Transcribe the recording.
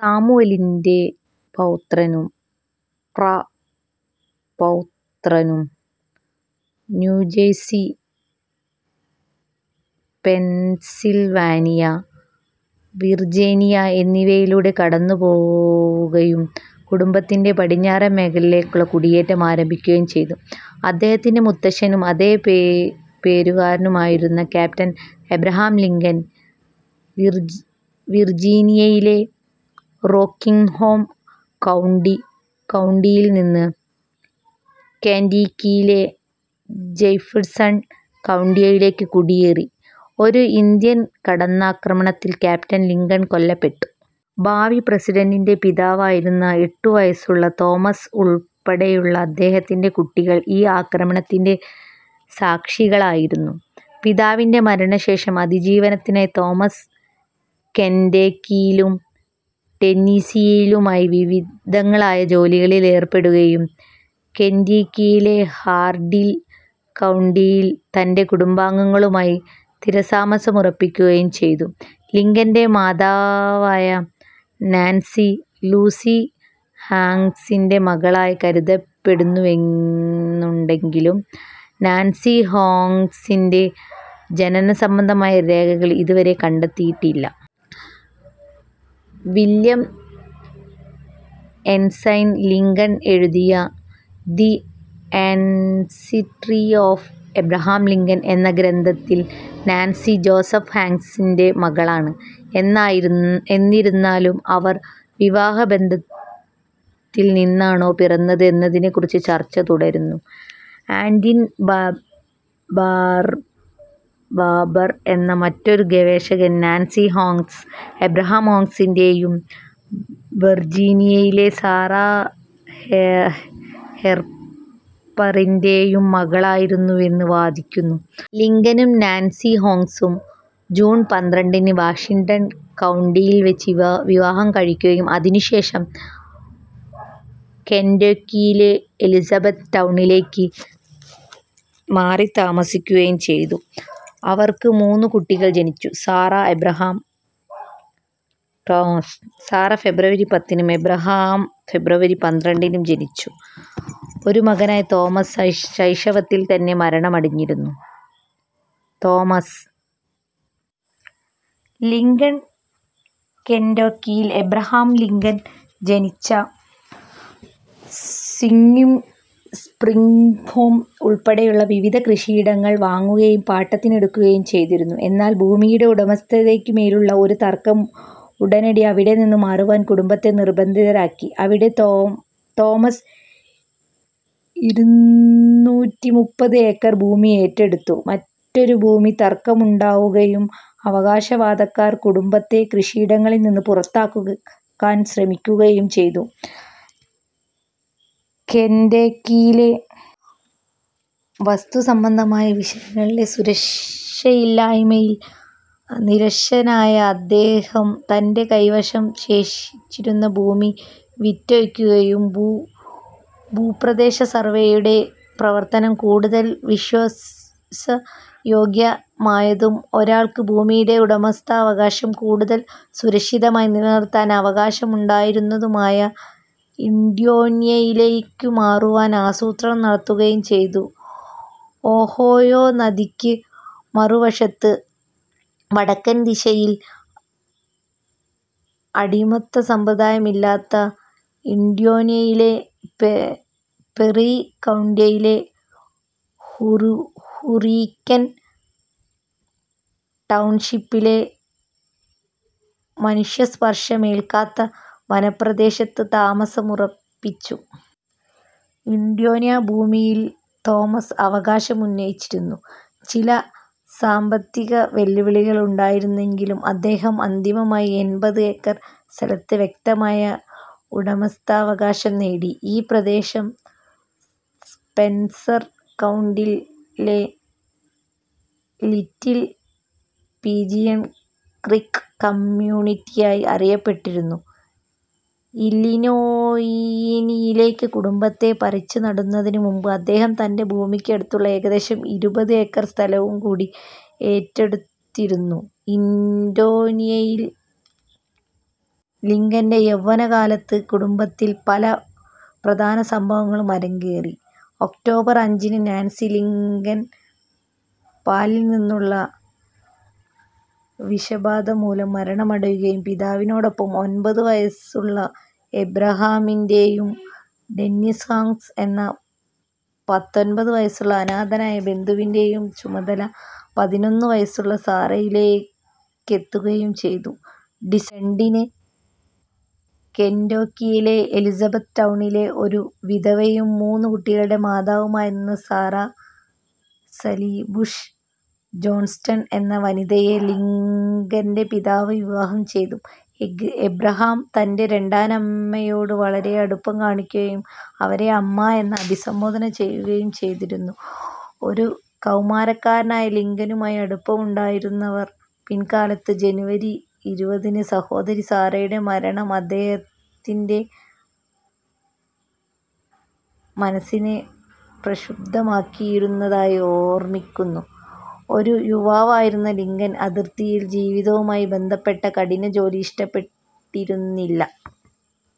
സാമുവലിൻ്റെ പൗത്രനും പ്രപൗത്രനും New Jersey, Pennsylvania, Virginia എന്നിവയിലൂടെ കടന്നുപോകുകയും കുടുംബത്തിൻ്റെ പടിഞ്ഞാറൻ മേഖലയിലേക്കുള്ള കുടിയേറ്റം ആരംഭിക്കുകയും ചെയ്തു. അദ്ദേഹത്തിൻ്റെ മുത്തച്ഛനും അതേപേ പേരുകാരനുമായിരുന്ന ക്യാപ്റ്റൻ അബ്രഹാം ലിങ്കൺ വിർജീനിയയിലെ റോക്കിങ്ങ്ഹാംകൗ കൗണ്ടിയിൽ നിന്നും കെന്റക്കിയിലെ ജെഫേഴ്സൺ കൗണ്ടിയിലേക്ക് കുടിയേറി. ഒരു ഇന്ത്യൻ കടന്നാക്രമണത്തിൽ ക്യാപ്റ്റൻ ലിങ്കൺ കൊല്ലപ്പെട്ടു. ഭാവി പ്രസിഡന്റിൻ്റെ പിതാവായിരുന്ന എട്ടുവയസ്സുള്ള തോമസ് ഉൾപ്പെടെയുള്ള അദ്ദേഹത്തിൻ്റെ കുട്ടികൾ ഈ ആക്രമണത്തിൻ്റെ സാക്ഷികളായിരുന്നു. പിതാവിൻ്റെ മരണത്തിനുശേഷം അതിജീവനത്തിനായി തോമസ് കെന്റക്കിയിലും ടെന്നീസിയിലുമായി വിവിധങ്ങളായ ജോലികളിൽ ഏർപ്പെടുകയും കെന്റീ ക്കിയിലെ ഹാർഡിൻ കൗണ്ടിയിൽ തൻ്റെ കുടുംബാംഗങ്ങളുമായി സ്ഥിരതാമസമുറപ്പിക്കുകയും ചെയ്തു. ലിങ്കൻ്റെ മാതാവായ നാൻസി, ലൂസി ഹാങ്ക്സിൻ്റെ മകളായി കരുതപ്പെടുന്നുവെങ്കിലും, നാൻസി ഹാങ്ക്സിൻ്റെ ജനനസംബന്ധമായ രേഖകൾ ഇതുവരെ കണ്ടെത്തിയിട്ടില്ല. വില്യം എൻസൈൻ ലിങ്കൺ എഴുതിയ the ancestry of Abraham Lincoln എന്ന ഗ്രന്ഥത്തിൽ നാൻസി, ജോസഫ് ഹാങ്ക്സിൻ്റെ മകളാണ്. എന്നായി രുന്നാലും, അവർ വിവാഹബന്ധത്തിൽ നിന്നാണോ പിറന്നത് എന്നതിനെക്കുറിച്ച് ചർച്ച തുടരുന്നു. ആഡിൻബാ ബാർ ബാബർ എന്ന മറ്റൊരു ഗവേഷകൻ, നാൻസി ഹാങ്ക്സ്, എബ്രഹാം ഹാങ്ക്സിൻ്റെ യും വിർജീനിയയിലെ സാറാഹെ ഹെർപ്പറിൻ്റെ യും മകളായിരുന്നുവെന്ന് വാദിക്കുന്നു. തോമസ് ലിങ്കണും നാൻസി ഹാങ്ക്സും ജൂൺ പന്ത്രണ്ടിന് വാഷിംഗ്ടൺ കൗണ്ടിയിൽവച്ച് വിവാഹം കഴിക്കുകയും അതിനുശേഷം കെന്റക്കിയിലെ എലിസബത്ത് ടൗണിലേക്ക് മാറിത്താമസിക്കുകയും ചെയ്തു. അവർക്ക് മൂന്ന് കുട്ടികൾ ജനിച്ചു. Sarah, Abraham, Thomas. സാറാ ഫെബ്രുവരി പത്തിനും എ ബ്രഹാം ഫെബ്രുവരി പന്ത്രണ്ടിനും ജനിച്ചു. ഒരു മകനായ തോമസ്ശൈ ശൈശവത്തിൽത്തന്നെ മരണമടഞ്ഞിരുന്നു. തോമസ് ലിങ്കൺ കെന്റക്കിയിൽ അബ്രഹാം ലിങ്കൺ ജനിച്ച സിങ്കിംഗ് സ്പ്രിംഗ് ഫാം ഉൾപ്പെടെയുള്ള വിവിധ കൃഷിയിടങ്ങൾ വാങ്ങുകയോ പാട്ടത്തിനെടുക്കുകയും ചെയ്തിരുന്നു. എന്നാൽ ഭൂമിയുടെ ഉടമസ്ഥതയ്ക്കുമേലുള്ള ഒരു തർക്കം ഉടനടി അവിടെനിന്ന് മാറുവാൻ കുടുംബത്തെ നിർബന്ധിതരാക്കി. അവിടെ തോ തോമസ് ഇരുന്നൂറ്റിമുപ്പത് ഏക്കർ ഭൂമി ഏറ്റെടുത്തു. മറ്റൊരു ഭൂമി തർക്കമുണ്ടാകുകയും അവകാശവാദക്കാരൻ കുടുംബത്തെ കൃഷിയിടങ്ങളിൽനിന്ന് പുറത്താക്കാൻ ശ്രമിക്കുകയും ചെയ്തു. കെന്റക്കിയിലെ വസ്തുസംബന്ധമായ വിഷയങ്ങളിലെ സുരക്ഷയില്ലായ്മയിൽ നിരാശനായ അദ്ദേഹം തൻ്റെ കൈവശം ശേഷിച്ചിരുന്ന ഭൂമി വിറ്റഴിക്കുകയുംഭൂ ഭൂപ്രദേശ സർവേയുടെ പ്രവർത്തനം കൂടുതൽ വിശ്വാസയോഗ്യമായതും ഒരാൾക്ക് ഭൂമിയുടെ ഉടമസ്ഥാവകാശം കൂടുതൽ സുരക്ഷിതമായി നിലനിർത്താൻ അവകാശമുണ്ടായിരുന്നതുമായ ഇൻഡ്യാനയിലേക്ക് മാറുവാൻ ആസൂത്രണം നടത്തുകയും ചെയ്തു. ഒഹോയോ നദിക്കു മറുവശത്ത് വടക്കൻ ദിശയിൽ, അടിമത്ത സമ്പ്രദായമില്ലാത്ത ഇൻഡ്യാനയിലെ പെ പെറി കൗണ്ടിയിലെ ഹുറു ഹുറിക്കൻ ടൗൺഷിപ്പിലെ മനുഷ്യസ്പർശമേൽക്കാത്ത വനപ്രദേശത്ത് താമസമുറപ്പിച്ചു. ഇൻഡ്യോന ഭൂമിയിൽ തോമസ് അവകാശമുന്നയിച്ചിരുന്നു. ചില സാമ്പത്തിക വെല്ലുവിളികൾ ഉണ്ടായിരുന്നെങ്കിലും അദ്ദേഹം അന്തിമമായി എൺപത് ഏക്കർ സ്ഥലത്ത് വ്യക്തമായ ഉടമസ്ഥാവകാശം നേടി. ഈ പ്രദേശം സ്പെൻസർ കൗണ്ടിയിലെ ലിറ്റിൽ പിജിയൺ ക്രീക്ക് കമ്മ്യൂണിറ്റിയായി അറിയപ്പെട്ടിരുന്നു. ഇല്ലിനോയിനിയിലേക്ക് കുടുംബത്തെ പറിച്ചുനടുന്നതിനുമുമ്പ്, അദ്ദേഹം തൻ്റെ ഭൂമിക്ക അടുത്തുള്ള ഏകദേശം ഇരുപത് ഏക്കർ സ്ഥലവും കൂടി ഏറ്റെടുത്തിരുന്നു. ഇൻഡ്യോ നയിൽ ലിങ്കൻ്റെ യൗവ്വനകാലത്ത് കുടുംബത്തിൽ പല പ്രധാന സംഭവങ്ങളും അരങ്ങേറി. ഒക്ടോബർ അഞ്ചിന്, നാൻസി ലിങ്കൻ പാലിൽനിന്നുള്ള വിഷബാധ മൂലം മരണമടയുകയും പിതാവിനോടൊപ്പം ഒമ്പത് വയസ്സുള്ള അബ്രഹാമിൻ്റെ യും ഡെന്നിസ് ഹാങ്ക്സ് എന്ന പത്തൊമ്പത് വയസ്സുള്ള അനാഥനായ ബന്ധുവിൻ്റെ യും ചുമതല പതിനൊന്ന് വയസ്സുള്ള സാറയിലേക്കെത്തുകയും ചെയ്തു. ഡിസംബർ രണ്ടിന് കെന്റോക്കിയിലെ എലിസബത്ത് ടൗണിലെ ഒരു വിധവയും മൂന്ന് കുട്ടികളുടെ മാതാവുമായിരുന്ന സാറാ സാലി ബുഷ് ജോൺസ്റ്റൺ എന്ന വനിതയെ ലിങ്കൻ്റെ പിതാവ് വിവാഹം ചെയ്തു. അബ്രഹാം തൻ്റെ രണ്ടാനമ്മയോട് വളരെ അടുപ്പം കാണിക്കുകയും അവരെ അമ്മ എന്ന് അഭിസംബോധന ചെയ്യുകയും ചെയ്തിരുന്നു. ഒരു കൗമാരക്കാരനായ ലിങ്കണുമായി അടുപ്പമുണ്ടായിരുന്നവർ പിൽക്കാലത്ത് ജനുവരി ഇരുപതിന് സഹോദരി സാറയുടെ മരണം അദ്ദേഹത്തിൻ്റെ മനസ്സിനെ പ്രക്ഷുബ്ധമാക്കിയിരുന്നതായി ഓർമിക്കുന്നു. ഒരു യുവാവായിരുന്ന ലിങ്കൺ, അതിർത്തി ജീവിതവുമായി ബന്ധപ്പെട്ട കഠിനജോലി ഇഷ്ടപ്പെട്ടിരുന്നില്ല.